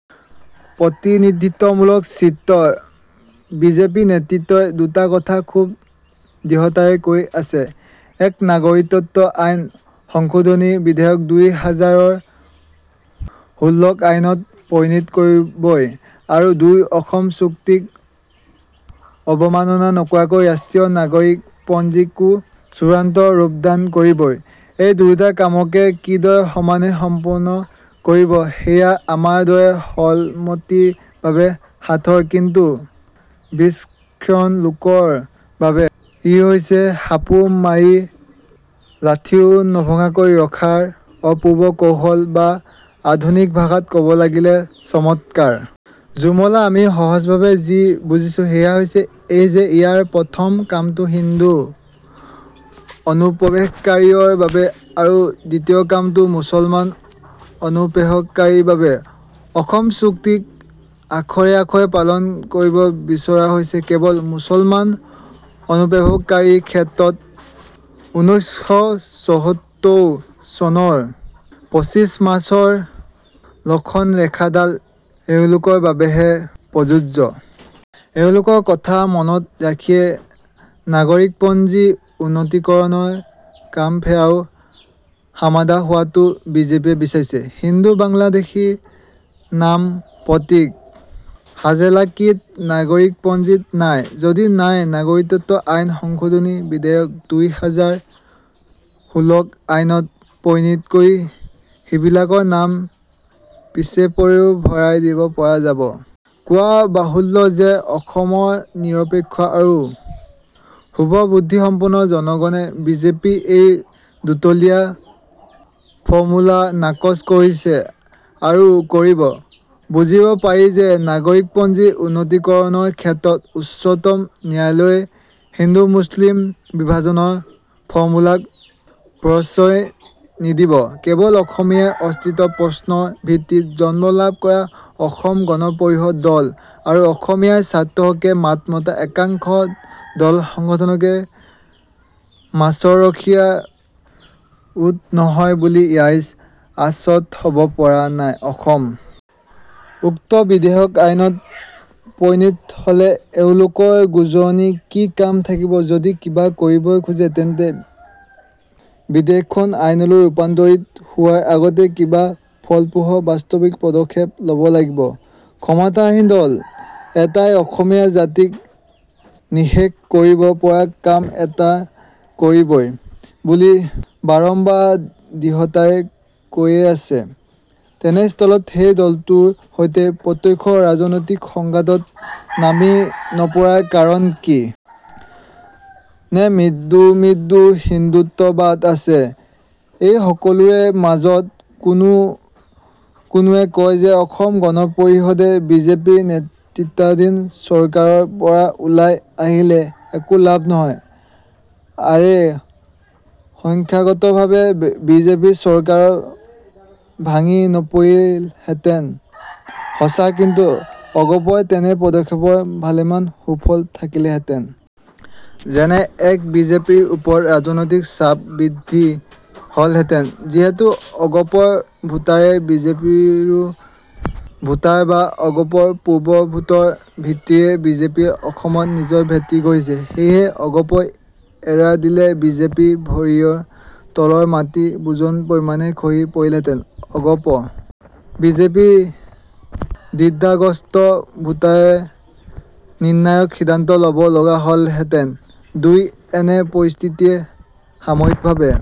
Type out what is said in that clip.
প্ৰতিনিধিত্বমূলক চিত্ৰ বিজেপি নেতৃত্বই দুটা কথা খুব দৃঢ়তাৰে কৈ আছে। এক- নাগৰিকতত্ব আইন সংশোধনী বিধেয়ক দুই হাজাৰ ষোল্লক আইনত পৰিণত কৰিবই আৰু দুই- অসম চুক্তিক অৱমাননা নকৰাকৈ ৰাষ্ট্ৰীয় নাগৰিকপঞ্জীকো চূড়ান্ত ৰূপদান কৰিবই। এই দুয়োটা কামকে কিদৰে সমানে সম্পন্ন কৰিব সেয়া আমাৰ দৰে সৰলমতিৰ বাবে সাঁথৰ কিন্তু বিচক্ষণ লোকৰ বাবে ই হৈছে সাপো মাৰি লাঠীও নভঙাকৈ ৰখাৰ অপূৰ্ব কৌশল বা আধুনিক ভাষাত কব লাগিলে চমৎকাৰ । জুমলা আমি, সহজভাৱে যি বুজিছোঁ সেয়া হৈছে এই যে ইয়াৰে প্ৰথম কামটো হিন্দু অনুপ্ৰৱেশকাৰীঅৰ বাবে আৰু দ্বিতীয় কামটো মুছলমান অনুপেৱশকাৰীৰ বাবে।‌অসম চুক্তিক আখৰে আখৰে পালন কৰিব বিচৰা হৈছে কেৱল মুছলমান অনুপেৱেশকাৰীৰ ক্ষেত্ৰত ঊনৈশ শ চৌসত্তৰ চনৰ পঁচিশ মাৰ্চৰ লক্ষণৰেখাডাল এওঁলোকৰ বাবেহে প্ৰযোজ্য। এওঁলোকৰ কথা মনত ৰাখিয়ে নাগৰিকপঞ্জী উন্নতিকৰণৰ কামফেৰাও সামাধা হোৱাটো বিজেপিয়ে বিচাৰিছে। হিন্দু বাংলাদেশীৰ নাম প্ৰতীক হাজেলাকৃত নাগৰিকপঞ্জীত নাই। যদি নাই নাগৰিকতত্ব আইন সংশোধনী বিধেয়ক দুই হাজাৰ ষোল্লক আইনত পৰিনিত কৰি সিবিলাকৰ নাম পিছেপৰেও ভৰাই দিব পৰা যাব। কোৱা বাহুল্য যে অসমৰ নিৰপেক্ষ আৰু শুভবুদ্ধিসম্পন্ন জনগণে বিজেপিৰ এই দুতলীয়া ফৰ্মুলা নাকচ কৰিছে আৰু কৰিব, বুজিব পাৰি যে নাগৰিকপঞ্জী উন্নতিকৰণৰ ক্ষেত্ৰত উচ্চতম ন্যায়ালয়ে হিন্দুমুছলিম বিভাজনৰ ফৰ্মুলাক প্ৰশ্ৰয় নিদিব। কেৱল অসমীয়াৰ অস্তিত্বৰ প্ৰশ্নৰ ভিত্তিত জন্ম লাভ কৰা অসম গণ পৰিষদ দল আৰু অসমীয়াৰ স্বাৰ্থৰ হকে মাত মতা একাংশ দলসংগঠনকহে মাছৰ ৰখীয়া, উদ নহয় বুলি ৰাইজ আশ্বত হব পৰা নাই। অসম উক্ত বিধেয়ক আইনত পৰিণত হ'লে এওঁলোকৰ গোঁজৰনিৰ কি কাম থাকিব যদি কিবা কৰিবই খোজে তেন্তে বিধেয়কখন আইনলৈ ৰূপান্তৰিত হোৱাৰ আগতেই কিবা ফলপ্ৰসূ বাস্তৱিক পদক্ষেপ লব লাগিব। ক্ষমতাসীন দল এটাই অসমীয়া জাতিক নিঃশেষ কৰিব পৰা কাম এটা কৰিবই বুলি বাৰম্বাৰ দৃঢ়তাৰে কৈয়েই আছে, তেনেস্থলত সেই দলটোৰ সৈতে প্ৰত্যক্ষ ৰাজনৈতিক সংঘাতত নামি নপৰাৰ কাৰণ কি? নে মৃদু মৃদু হিন্দুত্ববাদ আছে এই সকলোৰে মাজত, কোনো কোনোৱে কয় যে অসম গণ পৰিষদে বিজেপি নেতৃত্বাধীন চৰকাৰৰ পৰা ওলাই আহিলে একো লাভ নহয়। আৰে, সংখ্যাগতভাৱে বিজেপি চৰকাৰ ভাঙি নপৰিলহেঁতেন সঁচা কিন্তু অগপৰ তেনে পদক্ষেপৰ ভালেমান সুফল থাকিলেহেঁতেন। যেনে, এক -বিজেপিৰ ওপৰত ৰাজনৈতিক চাপ বৃদ্ধি হলহেঁতেন, যিহেতু অগপৰ ভোটাৰেই বিজেপিৰো ভোটাৰ বা অগপৰ পূৰ্বৰ ভোটৰ ভিত্তিৰেই বিজেপিয়ে অসমত নিজৰ ভেটি গঢ়িছে। সেয়েহে অগপই এৰা দিলে বিজেপিৰ ভৰিঅ তলৰ মাটি বুজন পৰিমাণে খহি পৰিলহেঁতেন। অগপ বিজেপিৰ দ্বিধাগ্ৰস্ত ভোটাৰে নিৰ্ণায়ক সিদ্ধান্ত ল'ব লগা হলহেঁতেন। দুই- এনে পৰিস্থিতিয়ে সাময়িকভাৱে